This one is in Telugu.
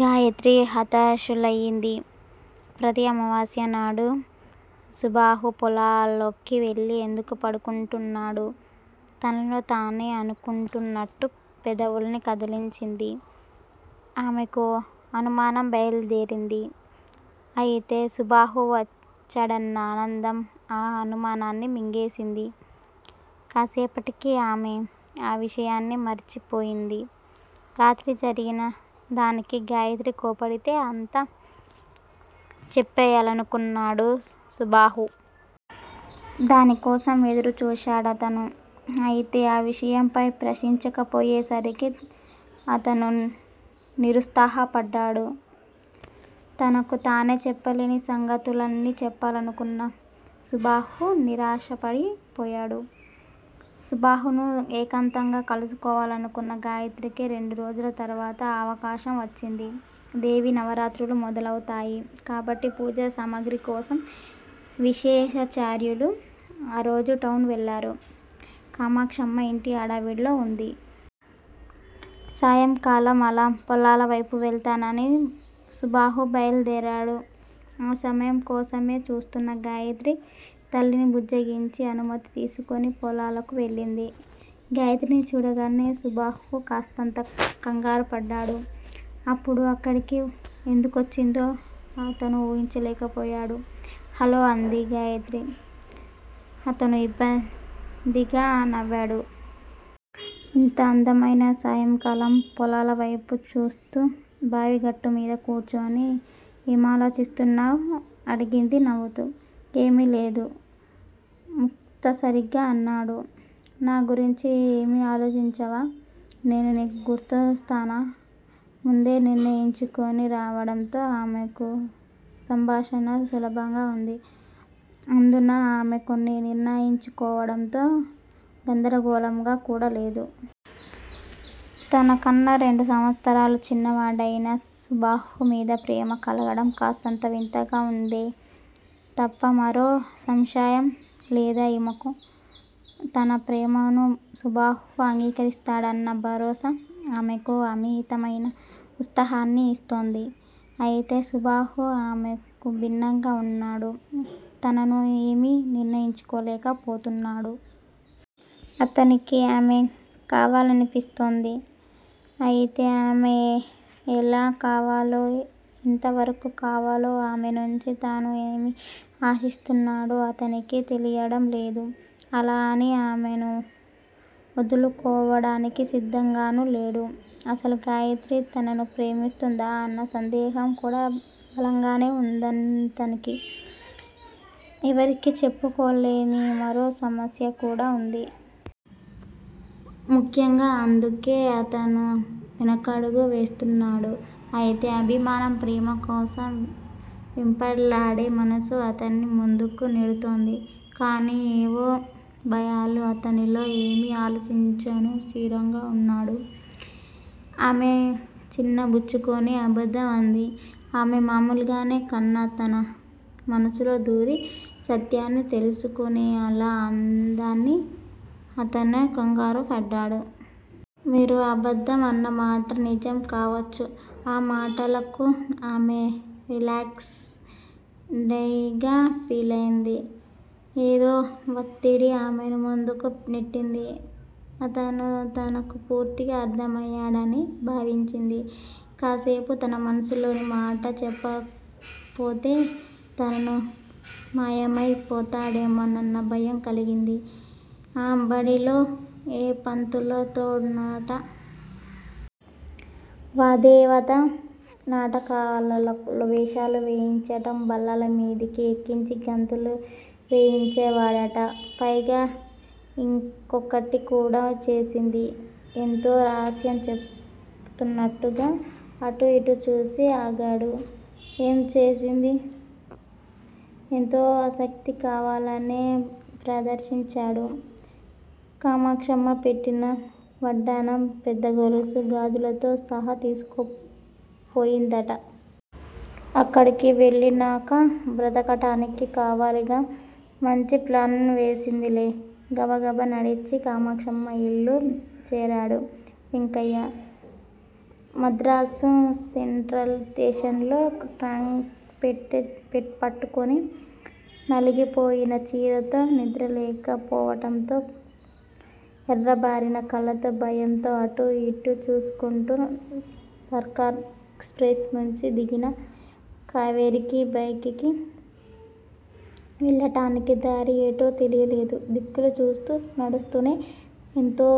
గాయత్రి హతాశురాలైంది. ప్రతి అమావాస్య నాడు సుబాహు పొలాల్లోకి వెళ్ళి ఎందుకు పడుకుంటున్నాడు? తనలో తనే అనుకుంటున్నట్టు పెదవుల్ని కదిల్చింది. ఆమెకు అనుమానం బయల్దేరింది. అయితే సుబాహు వచ్చాడన్న ఆనందం ఆ అనుమానాన్ని మింగేసింది. కాసేపటికి ఆమె ఆ విషయాన్ని మరిచిపోయింది. రాత్రి జరిగిన దానికి గాయత్రి కోప్పడితే అంతా చెప్పెయ్యాలనుకున్నాడు సుబాహు. దాని కోసం ఎదురు చూశాడతను. అయితే ఆ విషయంపై ప్రశ్నించకపోయేసరికి అతను నిరుత్సాహపడ్డాడు. తనకు తనే చెప్పలేని సంగతులన్నీ చెప్పాలనుకున్న సుబాహు నిరాశపడి పోయాడు. సుబాహును ఏకాంతంగా కలుసుకోవాలనుకున్న గాయత్రికి రెండు రోజుల తరువాత ఆ అవకాశం వచ్చింది. దేవీ నవరాత్రులు మొదలవుతాయి కాబట్టి పూజా సామగ్రికోసం శేషాచార్యులు ఆ రోజు టౌన్ కెళ్ళారు, కామాక్షమ్మ ఇంటి హడావుడిలో వుంది. సాయంకాలం అలా పొలాలవైపు వెళతానని సుబాహు బయల్దేరాడు. ఆ సమయం కోసమే చూస్తున్న గాయత్రి తల్లిని బుజ్జగించి, అనుమతి తీసుకుని పొలాలకు వెళ్ళింది. గాయత్రిని చూడగానే సుబాహు కాస్తంత కలవరపడ్డాడు. అప్పుడు అక్కడికి ఎందుకొచ్చిందో అతను వూహించలేకపోయాడు. హలో! అంది గాయత్రి. అతను ఇబ్బందిగా నవ్వాడు. ఇంత అందమైన సాయంకాలం పొలాలవైపు చూస్తూ బావిగట్టుమీద కూర్చుని ఏమాలోచిస్తున్నావ్? అడిగింది నవ్వుతూ. ఏమీ లేదు ముక్తసరిగా అన్నాడు. నా గురించి ఏమీ ఆలోచించవా? నేను నీకు గుర్తొస్తానా? ముందే నిర్ణయించుకుని రావడంతో ఆమెకు సంభాషణ సులభంగా వుంది అందునా ఆమె కొన్ని నిర్ణయించుకోవడంతో గందరగోళంగా కూడా లేదు. తనకన్నా రెండు సంవత్సరాలు చిన్న వాడైనా సుబాహు మీద ప్రేమ కలగడం కాస్తంత వింతగా ఉందే తప్ప మరో సంశయం లేదామెకు. తన ప్రేమను సుబాహు అంగీకరిస్తాడన్న భరోసా ఆమెకు అమితమైన ఉత్సాహాన్ని ఇస్తోంది. అయితే సుబాహు ఆమెకు భిన్నంగా వున్నాడు. అతను ఏమీ నిర్ణయించుకోలేక పోతున్నాడు. అతనికి ఆమె కావాలనిపిస్తోంది. అయితే ఆమె ఎలా కావాలో, ఎంతవరకు కావాలో, ఆమె నుంచి తను ఏమి ఆశిస్తున్నాడో అతనికి తెలియడం లేదు. అలా అని ఆమెను ఒదులుకోవడానికి సిద్ధంగానూ లేడు. అసలు గాయత్రి తనను ప్రేమిస్తోందా అన్న సందేహం కూడా బలంగానే వుందతనికి. ఎవరికీ చెప్పుకోలేని మరో సమస్య కూడా వుంది. ముఖ్యంగా అందుకే అతను వెనకడుగు వేస్తున్నాడు. అయితే అభిమానం, ప్రేమ కోసం వెంపర్లాడే మనసు అతన్ని ముందుకు నెడుతోంది. కానీ ఏవో భయాలు అతనిలో. ఏమీ ఆలోచించను స్థిరంగా అన్నాడు. ఆమె చిన్న బుచ్చుకుని అబద్ధం అంది. ఆమె మామూలుగానే అన్నా తన మనసులో దూరి, సత్యాన్ని తెలుసుకునే అలా అందని అతను కంగారు పడ్డాడు. మీరు అబద్ధం అన్నమాట నిజం కావచ్చు ఆ మాటలకు ఆమె రిలాక్స్ డ్ గా ఫీలయ్యింది. ఏదో వత్తిడి ఆమెను ముందుకు నెట్టింది. అతను తనకు పూర్తిగా అర్థమయ్యాడని భావించింది. కాసేపు తన మనసులోని మాట చెప్పకపోతే అతను మాయమై పోతాడేమోనన్న భయం కలిగింది. ఆ బడిలో ఏ పంతులుతోనట? వాదేనత నాటకాలలో వేషాలు వేయించటం బల్లల మీదకి ఎక్కించి గంతులు వేయించేవాడట! పైగా యింకోకటి కూడా చేసింది! ఎంతో రహస్యం చెప్పుతున్నట్టుగా అటూ యిటూ చూసి ఆగాడు. ఏం చేసింది? ఎంతో ఆసక్తి కావాలనే ప్రదర్శించాడు. కామాక్షమ్మ పెట్టిన వడ్డాణం, పెద్ద గొలుసు గాజులుతో సహా తీసుకుపోయిందట! అక్కడికి వెళ్ళినాక బ్రతకటానికి కావాలిగా! మంచి ప్లాన్ వేసిందిలే! గబగబా నడిచి కామాక్షమ్మ యిల్లు చేరాడు వెంకయ్య! మద్రాసు సెంట్రల్ స్టేషన్ లో ట్రంకుపెట్టె పట్టుకుని నలిగిపోయిన చీరతో నిద్రలేక పోవటంతో ఎర్రబారిన కళ్ళతో భయంతో అటూ యిటూ చూసుకుంటూ సర్కార్ ఎక్స్ ప్రెస్ నుంచి దిగిన కావేరికి బైటికి వెళ్ళటానికి దారి ఎటో తెలియలేదు. దిక్కులు చూస్తూ నడుస్తూనే ఎంతో